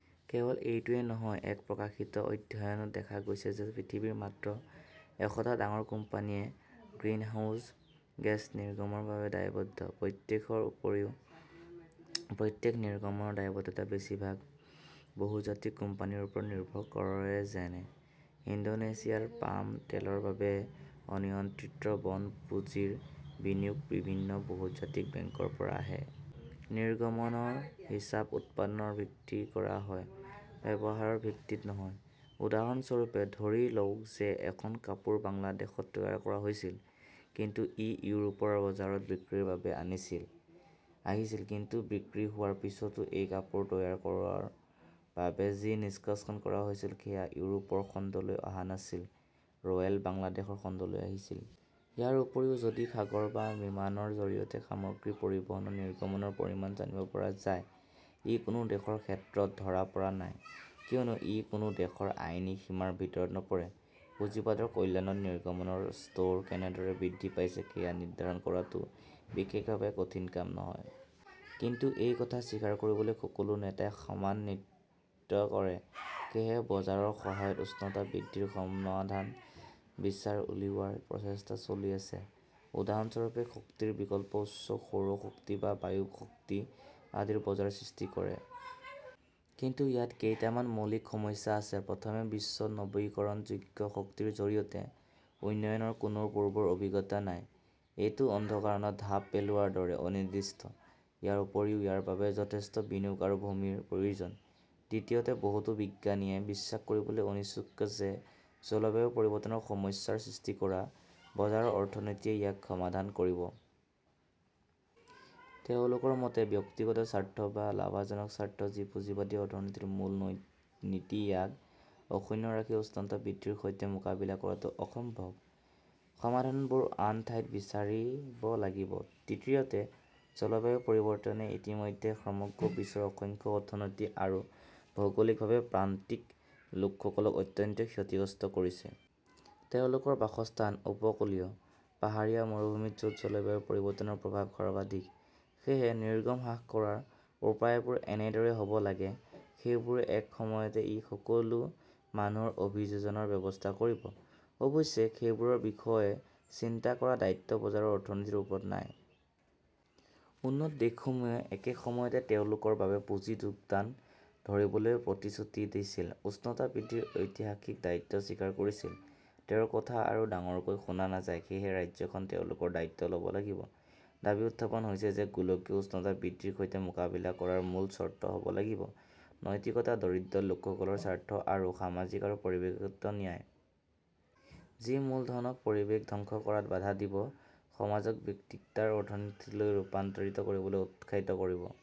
কেৱল এইটোৱেই নহয়, এক প্ৰকাশিত অধ্যয়নত দেখা গৈছে যে পৃথিৱীৰ মাত্ৰ এশটা ডাঙৰ কোম্পানীয়ে গ্ৰিনহাউজ গেছ নিৰ্গমনৰ বাবে দায়বদ্ধ। প্ৰত্যক্ষৰ উপৰিও, প্ৰত্যক্ষ নিৰ্গমনৰ দায়বদ্ধতা বেছিভাগ বহুজাতিক কোম্পানীৰ ওপৰত নিৰ্ভৰ কৰেযেনে, ইণ্ডোনেছিয়াৰ পাম তেলৰ বাবে অনিয়ন্ত্ৰিত বন পুঁজিৰ বিনিয়োগ বিভিন্ন বহুজাতিক বেংকৰ পৰা আহে। নিৰ্গমনৰ হিচাপ উৎপাদনৰ ভিত্তিত কৰা হয়, ব্যৱহাৰৰ ভিত্তিত নহয়। উদাহৰণস্বৰূপে, ধৰি লওঁক যে এখন কাপোৰ বাংলাদেশত তৈয়াৰ কৰা হৈছিল, কিন্তু ই ইউৰোপৰ বজাৰত বিক্ৰীৰ বাবে আহিছিল। কিন্তু বিক্ৰী হোৱাৰ পিছতো এই কাপোৰ তৈয়াৰ কৰাৰ বাবে যি নিষ্কাশন কৰা হৈছিল সেয়া ইউৰোপৰ খণ্ডলৈ অহা নাছিল, ৰয়েল বাংলাদেশৰ খণ্ডলৈ আহিছিল। ইয়াৰ উপৰিও, যদিও সাগৰ বা বিমানৰ জৰিয়তে সামগ্ৰী পৰিবহণত নিৰ্গমনৰ পৰিমাণ জানিব পৰা যায়, ই কোনো দেশৰ ক্ষেত্ৰত ধৰা পৰা নাই, কিয়নো ই কোনো দেশৰ আইনী সীমাৰ ভিতৰত নপৰে। পুঁজিবাদৰ কল্যাণত নিৰ্গমনৰ স্তৰ কেনেদৰে বৃদ্ধি পাইছে সেয়া নিৰ্ধাৰণ কৰাটো বিশেষভাৱে কঠিন কাম নহয়। কিন্তু, এই কথা স্বীকাৰ কৰিবলৈ সকলো নেতাই সমান নৃত্য কৰে। সেয়েহে বজাৰৰ সহায়ত উষ্ণতা বৃদ্ধিৰ সমাধান বিচাৰি উলিওৱাৰ প্ৰচেষ্টা চলি আছে। উদাহৰণস্বৰূপে, শক্তিৰ বিকল্প উৎস-সৌৰ শক্তি বা বায়ু শক্তি আদিৰ বজাৰ সৃষ্টি কৰা। কিন্তু ইয়াত কেইটামান মৌলিক সমস্যা আছে। প্ৰথমতে, বিশ্বত নৱীকৰণযোগ্য শক্তিৰ জৰিয়তে উন্নয়নৰ কোনো পূৰ্বৰ অভিজ্ঞতা নাই। এইটো অন্ধকাৰত ঢাপ পেলোৱাৰ দৰে, অনিৰ্দিষ্ট। ইয়াৰ উপৰিও, ইয়াৰ বাবে যথেষ্ট বিনিয়োগ আৰু ভূমিৰ প্ৰয়োজন। দ্বিতীয়তে, বহুতো বিজ্ঞানীয়ে বিশ্বাস কৰিবলৈ অনিচ্ছুক যে জলবায়ু পৰিৱৰ্তনৰ সমস্যাৰ সৃষ্টি কৰা বজাৰ-অৰ্থনীতিয়ে ইয়াক সমাধান কৰিব। তেওঁলোকৰ মতে, ব্যক্তিগত স্বাৰ্থ বা লাভজনক স্বাৰ্থ, যি পুঁজিবাদী অৰ্থনীতিৰ মূল নীতি-ইয়াক অক্ষুণ্ণ ৰাখি উষ্ণতা বৃদ্ধিৰ সৈতে মোকাবিলা কৰাটো অসম্ভৱ, সমাধানবোৰ আন ঠাইত বিচাৰিব লাগিব। তৃতীয়তে, জলবায়ু পৰিৱৰ্তনে ইতিমধ্যে সমগ্ৰ বিশ্বৰ অসংখ্য অৰ্থনৈতিক আৰু ভৌগোলিকভাৱে প্ৰান্তিক লোকসকলক অত্যন্ত ক্ষতিগ্ৰস্ত কৰিছে। তেওঁলোকৰ বাসস্থান উপকূলীয়, পাহাৰীয়া, মৰুভূমিত, য'ত জলবায়ু পৰিৱৰ্তনৰ প্ৰভাৱ সৰ্বাধিক। সেয়েহে নিৰ্গমন হ্ৰাস কৰাৰ উপায়বোৰ এনেদৰেই হ 'ব লাগে, সেইবোৰে একে সময়তে এই সকলো মানুহৰ অভিযোজনৰ ব্যৱস্থা কৰিব। অৱশ্যে, সেইবোৰৰ বিষয়ে চিন্তা কৰাৰ দায়িত্ব বজাৰ অৰ্থনীতিৰ ওপৰত নাই। উন্নত দেশসমূহে একে সময়তে তেওঁলোকৰ বাবে পুঁজি যোগান ধৰিবলৈ প্ৰতিশ্ৰুতি দিছিল, উষ্ণতা বৃদ্ধিৰ ঐতিহাসিক দায়িত্ব স্বীকাৰ কৰিছিল। তেওঁৰ কথা আৰু ডাঙৰকৈ শুনা নাযায়। সেয়েহে, ৰাজ্যখনে তেওঁলোকৰ দায়িত্ব ল'ব লাগিব। দাবী উত্থাপন হৈছে যে গোলকীয় উষ্ণতা বৃদ্ধিৰ সৈতে মোকাবিলা কৰাৰ মূল চৰ্ত হ'ব লাগিব নৈতিকতা, দৰিদ্ৰ লোকসকলৰ স্বাৰ্থ আৰু সামাজিক আৰু পৰিৱেশগত ন্যায়। যি মূলধনক পৰিৱেশ ধ্বংস কৰাত বাধা দিব, সমাজক বৃত্তাকাৰ অৰ্থনীতিলৈ ৰূপান্তৰিত কৰিবলৈ উৎসাহিত কৰিব।